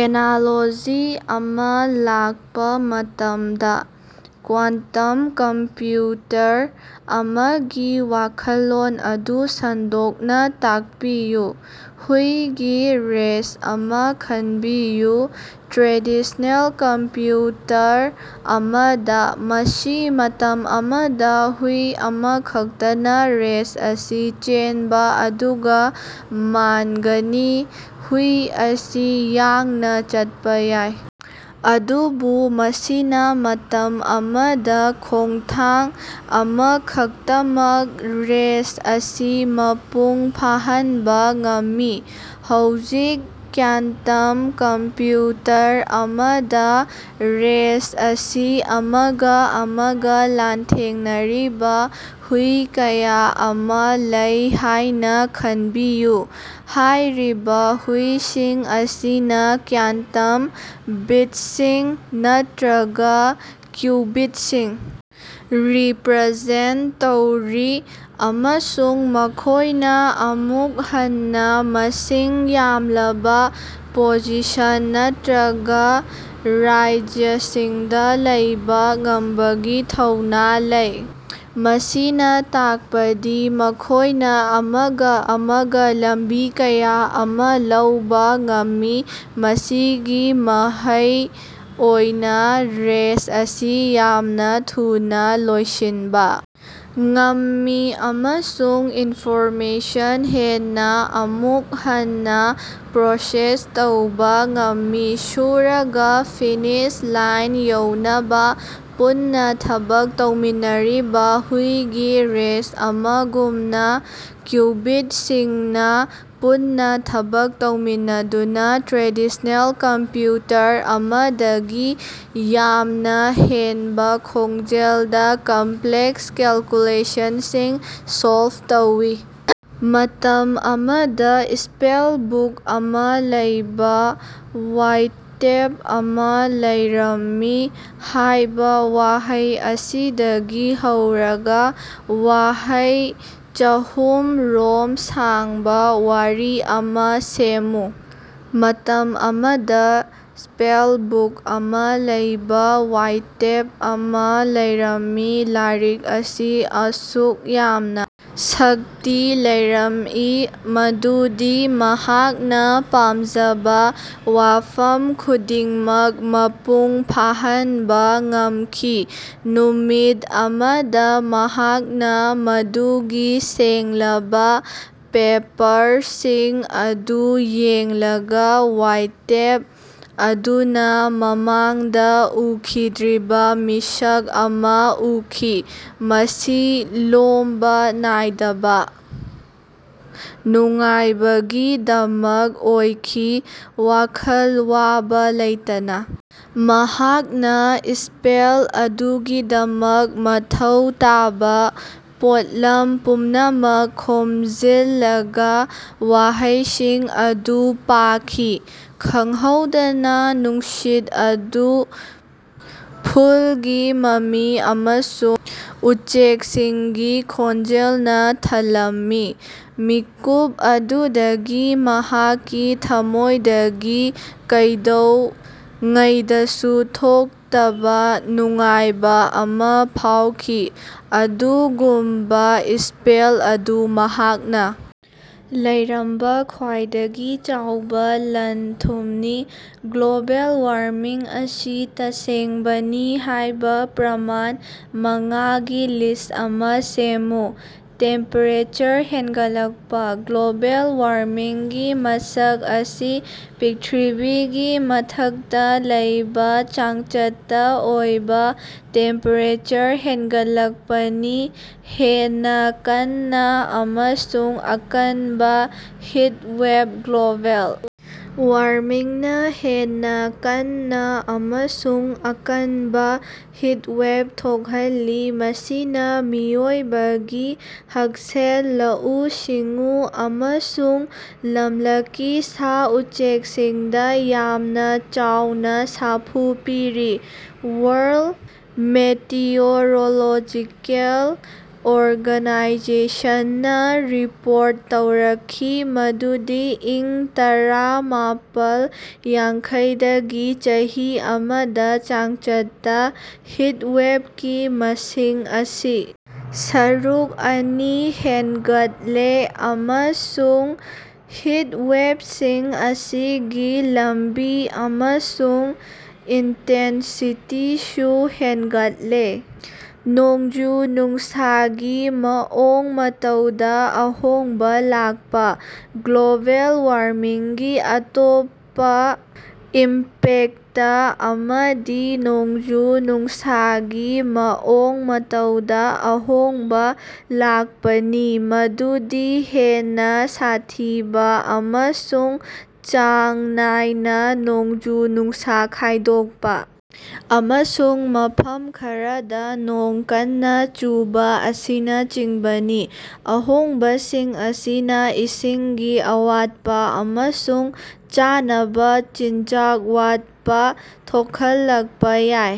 Analogy ꯑꯃ ꯂꯥꯛꯄ ꯃꯇꯝꯗ, ꯀ꯭ꯌꯥꯟꯇꯝ ꯀꯝꯄꯌꯨꯇꯔ ꯑꯃꯒꯤ ꯋꯥꯈꯜꯂꯣꯟ ꯑꯗꯨ ꯁꯟꯗꯣꯛꯅ ꯇꯥꯛꯄꯤꯌꯨ꯫ ꯍꯨꯏꯒꯤ ꯔꯦꯁ ꯑꯃ ꯈꯟꯕꯤꯌꯨ꯫ ꯇ꯭ꯔꯦꯗꯤꯁ꯭ꯅꯦꯜ ꯀꯝꯄꯌꯨꯇꯔ ꯑꯃꯗ, ꯃꯁꯤ ꯃꯇꯝ ꯑꯃꯗ ꯍꯨꯏ ꯑꯃꯈꯛꯇꯅ ꯔꯦꯁ ꯑꯁꯤ ꯆꯦꯟꯕ ꯑꯗꯨꯒ ꯃꯥꯟꯒꯅꯤ꯫ ꯍꯨꯏ ꯑꯁꯤ ꯌꯥꯡꯅ ꯆꯠꯄ ꯌꯥꯏ, ꯑꯗꯨꯕꯨ ꯃꯁꯤꯅ ꯃꯇꯝ ꯑꯃꯗ ꯈꯣꯡꯊꯥꯡ ꯑꯃꯈꯛꯇꯃꯛ ꯔꯦꯁ ꯑꯁꯤ ꯃꯄꯨꯡ ꯐꯥꯍꯟꯕ ꯉꯝꯃꯤ꯫ ꯍꯧꯖꯤꯛ, ꯀ꯭ꯌꯥꯟꯇꯝ ꯀꯝꯄꯌꯨꯇꯔ ꯑꯃꯗ ꯔꯦꯁ ꯑꯁꯤ ꯑꯃꯒ ꯑꯃꯒ ꯂꯥꯟꯊꯦꯡꯅꯔꯤꯕ ꯍꯨꯏ ꯀꯌꯥ ꯑꯃ ꯂꯩ ꯍꯥꯏꯅ ꯈꯟꯕꯤꯌꯨ꯫ ꯍꯥꯏꯔꯤꯕ ꯍꯨꯏꯁꯤꯡ ꯑꯁꯤꯅ ꯀ꯭ꯌꯥꯟꯇꯝ ꯕꯤꯠꯁꯤꯡ ꯅꯠꯇ꯭ꯔꯒꯥ ꯀ꯭ꯌꯨꯕꯤꯠꯁꯤꯡ ꯔꯤꯄꯔꯖꯦꯟꯇ ꯇꯧꯔꯤ, ꯑꯃꯁꯨꯡ ꯃꯈꯣꯏꯅ ꯑꯃꯨꯛ ꯍꯟꯅ ꯃꯁꯤꯡ ꯌꯥꯝꯂꯕ ꯄꯣꯖꯤꯁꯟ ꯅꯠꯇ꯭ꯔꯒꯥ ꯔꯥꯖ꯭ꯌꯁꯤꯡꯗ ꯂꯩꯕꯥ ꯉꯝꯕꯒꯤ ꯊꯧꯅ ꯂꯩ, ꯃꯁꯤꯅ ꯇꯥꯛꯄꯗꯤ ꯃꯈꯣꯏꯅ ꯑꯃꯒ ꯑꯃꯒ ꯂꯝꯕꯤ ꯀꯌꯥ ꯑꯃ ꯂꯧꯕ ꯉꯝꯃꯤ꯫ ꯃꯁꯤꯒꯤ ꯃꯍꯩ ꯑꯣꯏꯅ ꯔꯦꯁ ꯑꯁꯤ ꯌꯥꯝꯅ ꯊꯨꯅ ꯂꯣꯏꯁꯤꯟꯕ ꯉꯝꯃꯤ, ꯑꯃꯁꯨꯡ ꯏꯟꯐꯣꯔꯃꯦꯁꯟ ꯍꯦꯟꯅ ꯑꯃꯨꯛ ꯍꯟꯅ ꯄ꯭ꯔꯣꯁꯦꯁ ꯇꯧꯕ ꯉꯝꯃꯤ꯫ ꯁꯨꯔꯒ ꯐꯤꯅꯤꯁ ꯂꯥꯏꯟ ꯌꯧꯅꯕ ꯄꯨꯟꯅ ꯊꯕꯛ ꯇꯧꯃꯤꯟꯅꯔꯤꯕ ꯍꯨꯏꯒꯤ ꯔꯦꯁ ꯑꯃꯒꯨꯝꯅ, ꯀ꯭ꯌꯨꯕꯤꯠꯁꯤꯡꯅ ꯄꯨꯟꯅ ꯊꯕꯛ ꯇꯧꯃꯤꯟꯅꯗꯨꯅ ꯇ꯭ꯔꯦꯗꯤꯁ꯭ꯅꯦꯜ ꯀꯝꯄꯌꯨꯇꯔ ꯑꯃꯗꯒꯤ ꯌꯥꯝꯅ ꯍꯦꯟꯕ ꯈꯣꯡꯖꯦꯜꯗ ꯀꯝꯄꯂꯦꯛꯁ ꯀꯦꯜꯀꯨꯂꯦꯁꯟꯁꯤꯡ ꯁꯣꯜꯕ ꯇꯧꯏ꯫ "ꯃꯇꯝ ꯑꯃꯗ, ꯏꯁ꯭ꯄꯦꯜ ꯕꯨꯛ ꯑꯃ ꯂꯩꯕ ꯋꯥꯏꯇꯦꯞ ꯑꯃ ꯂꯩꯔꯝꯃꯤ" ꯍꯥꯏꯕ ꯋꯥꯍꯩ ꯑꯁꯤꯗꯒꯤ ꯍꯧꯔꯒ ꯋꯥꯍꯩ ꯆꯥꯍꯨꯝ ꯔꯣꯝ ꯁꯥꯡꯕ ꯋꯥꯔꯤ ꯑꯃ ꯁꯦꯝꯃꯨ꯫ ꯃꯇꯝ ꯑꯃꯗ ꯁ꯭ꯄꯦꯜ ꯕꯨꯛ ꯑꯃ ꯂꯩꯕ ꯋꯥꯏꯇꯦꯞ ꯑꯃ ꯂꯩꯔꯝꯃꯤ꯫ ꯂꯥꯏꯔꯤꯛ ꯑꯁꯤ ꯑꯁꯨꯛ ꯌꯥꯝꯅ ꯁꯛꯇꯤ ꯂꯩꯔꯝꯏ ꯃꯗꯨꯗꯤ ꯃꯍꯥꯛꯅ ꯄꯥꯝꯖꯕ ꯋꯥꯐꯝ ꯈꯨꯗꯤꯡꯃꯛ ꯃꯄꯨꯡ ꯐꯥꯍꯟꯕ ꯉꯝꯈꯤ꯫ ꯅꯨꯃꯤꯠ ꯑꯃꯗ, ꯃꯍꯥꯛꯅ ꯃꯗꯨꯒꯤ ꯁꯦꯡꯂꯕ ꯄꯦꯄ꯭ꯔꯁꯤꯡ ꯑꯗꯨ ꯌꯦꯡꯂꯒꯥ, ꯋꯥꯏꯇꯦꯞ ꯑꯗꯨꯅ ꯃꯃꯥꯡꯗ ꯎꯈꯤꯗ꯭ꯔꯤꯕ ꯃꯤꯁꯛ ꯑꯃ ꯎꯈꯤ; ꯃꯁꯤ ꯂꯣꯝꯕ ꯅꯥꯏꯗꯕ ꯅꯨꯡꯉꯥꯏꯕꯒꯤꯗꯃꯛ ꯑꯣꯏꯈꯤ꯫ ꯋꯥꯈꯜ ꯋꯥꯕ ꯂꯩꯇꯅ ꯃꯍꯥꯛꯅ ꯏꯁ꯭ꯄꯦꯜ ꯑꯗꯨꯒꯤꯗꯃꯛ ꯃꯊꯧ ꯇꯥꯕ ꯄꯣꯠꯂꯝ ꯄꯨꯝꯅꯃꯛ ꯈꯣꯝꯖꯤꯜꯂꯒꯥ ꯋꯥꯍꯩꯁꯤꯡ ꯑꯗꯨ ꯄꯥꯈꯤ꯫ ꯈꯪꯍꯧꯗꯅ ꯅꯨꯡꯁꯤꯠ ꯑꯗꯨ ꯐꯨꯜꯒꯤ ꯃꯃꯤ ꯑꯃꯁꯨꯡ ꯎꯆꯦꯛꯁꯤꯡꯒꯤ ꯈꯣꯟꯖꯦꯜꯅ ꯊꯜꯂꯝꯃꯤ꯫ ꯃꯤꯀꯨꯞ ꯑꯗꯨꯗꯒꯤ ꯃꯍꯥꯛꯀꯤ ꯊꯝꯃꯣꯏꯗꯒꯤ ꯀꯩꯗꯧꯉꯩꯗꯁꯨ ꯊꯣꯛꯇꯕ ꯅꯨꯡꯉꯥꯏꯕ ꯑꯃ ꯐꯥꯎꯈꯤ꯫ ꯑꯗꯨꯒꯨꯝꯕ ꯏꯁ꯭ꯄꯦꯜ ꯑꯗꯨ ꯃꯍꯥꯛꯅ ꯂꯩꯔꯝꯕ ꯈ꯭ꯋꯥꯏꯗꯒꯤ ꯆꯥꯎꯕ ꯂꯟ-ꯊꯨꯝꯅꯤ꯫ ꯒ꯭ꯂꯣꯕꯦꯜ ꯋꯥꯔꯃꯤꯡ ꯑꯁꯤ ꯇꯁꯦꯡꯕꯅꯤ ꯍꯥꯏꯕ ꯄ꯭ꯔꯃꯥꯟ ꯃꯉꯥꯒꯤ ꯂꯤꯁ ꯑꯃ ꯁꯦꯝꯃꯨ꯫ ꯇꯦꯝꯄꯦꯔꯦꯆꯔ ꯍꯦꯟꯒꯠꯂꯛꯄ: ꯒ꯭ꯂꯣꯕꯦꯜ ꯋꯥꯔꯃꯤꯡꯒꯤ ꯃꯁꯛ ꯑꯁꯤ ꯄ꯭ꯔꯤꯊꯤꯕꯤꯒꯤ ꯃꯊꯛꯇ ꯂꯩꯕ ꯆꯥꯡꯆꯠꯇ ꯑꯣꯏꯕ ꯇꯦꯝꯄꯦꯔꯦꯆꯔ ꯍꯦꯟꯒꯠꯂꯛꯄꯅꯤ꯫ ꯍꯦꯟꯅ ꯀꯟꯅ ꯑꯃꯁꯨꯡ ꯑꯀꯟꯕ ꯍꯤꯇꯋꯦꯕ: ꯒ꯭ꯂꯣꯕꯦꯜ ꯋꯥꯔꯃꯤꯡꯅ ꯍꯦꯟꯅ ꯀꯟꯅ ꯑꯃꯁꯨꯡ ꯑꯀꯟꯕ ꯍꯤꯇꯋꯦꯕ ꯊꯣꯛꯍꯜꯂꯤ, ꯃꯁꯤꯅ ꯃꯤꯑꯣꯏꯕꯒꯤ ꯍꯛꯁꯦꯜ, ꯂꯧꯎ-ꯁꯤꯡꯎ ꯑꯃꯁꯨꯡ ꯂꯝꯂꯛꯀꯤ ꯁꯥ-ꯎꯆꯦꯀꯁꯤꯡꯗ ꯌꯥꯝꯅ ꯆꯥꯎꯅ ꯁꯥꯐꯨ ꯄꯤꯔꯤ꯫ ꯋꯥꯔꯜꯗ ꯃꯦꯇꯤꯑꯣꯔꯣꯂꯣꯖꯤꯀꯦꯜ ꯑꯣꯔꯒꯅꯥꯏꯖꯦꯁꯟꯅ ꯔꯤꯄꯣꯔꯠ ꯇꯧꯔꯛꯈꯤ ꯃꯗꯨꯗꯤ ꯏꯪ ꯇꯔꯥꯃꯄꯥꯜ ꯌꯥꯡꯈꯩꯗꯒꯤ ꯆꯍꯤ ꯑꯃꯗ ꯆꯥꯡꯆꯠꯇ ꯍꯤꯇꯋꯦꯕꯀꯤ ꯃꯁꯤꯡ ꯑꯁꯤ ꯁꯔꯨꯛ ꯑꯅꯤ ꯍꯦꯟꯒꯠꯂꯦ, ꯑꯃꯁꯨꯡ ꯍꯤꯇꯋꯦꯕꯁꯤꯡ ꯑꯁꯤꯒꯤ ꯂꯝꯕꯤ ꯑꯃꯁꯨꯡ ꯏꯟꯇꯦꯟꯁꯤꯇꯤꯁꯨ ꯍꯦꯟꯒꯠꯂꯦ꯫ ꯅꯣꯡꯖꯨ-ꯅꯨꯡꯁꯥꯒꯤ ꯃꯑꯣꯡ ꯃꯇꯧꯗ ꯑꯍꯣꯡꯕ ꯂꯥꯛꯄ: ꯒ꯭ꯂꯣꯕꯦꯜ ꯋꯥꯔꯃꯤꯡꯒꯤ ꯑꯇꯣꯞꯄ ꯏꯝꯄꯦꯛꯇ ꯑꯃꯗꯤ ꯅꯣꯡꯖꯨ-ꯅꯨꯡꯁꯥꯒꯤ ꯃꯑꯣꯡ ꯃꯇꯧꯗ ꯑꯍꯣꯡꯕ ꯂꯥꯛꯄꯅꯤ, ꯃꯗꯨꯗꯤ ꯍꯦꯟꯅ ꯁꯥꯊꯤꯕ ꯑꯃꯁꯨꯡ ꯆꯥꯡ ꯅꯥꯏꯅ ꯅꯣꯡꯖꯨ-ꯅꯨꯡꯁꯥ ꯈꯥꯏꯗꯣꯛꯄ ꯑꯃꯁꯨꯡ ꯃꯐꯝ ꯈꯔꯗ ꯅꯣꯡ ꯀꯟꯅ ꯆꯨꯕ ꯑꯁꯤꯅꯆꯤꯡꯕꯅꯤ꯫ ꯑꯍꯣꯡꯕꯁꯤꯡ ꯑꯁꯤꯅ ꯏꯁꯤꯡꯒꯤ ꯑꯋꯥꯠꯄ ꯑꯃꯁꯨꯡ ꯆꯥꯅꯕ ꯆꯤꯟꯖꯥꯛ ꯋꯥꯠꯄ ꯊꯣꯈꯜꯂꯛꯄ ꯌꯥꯏ꯫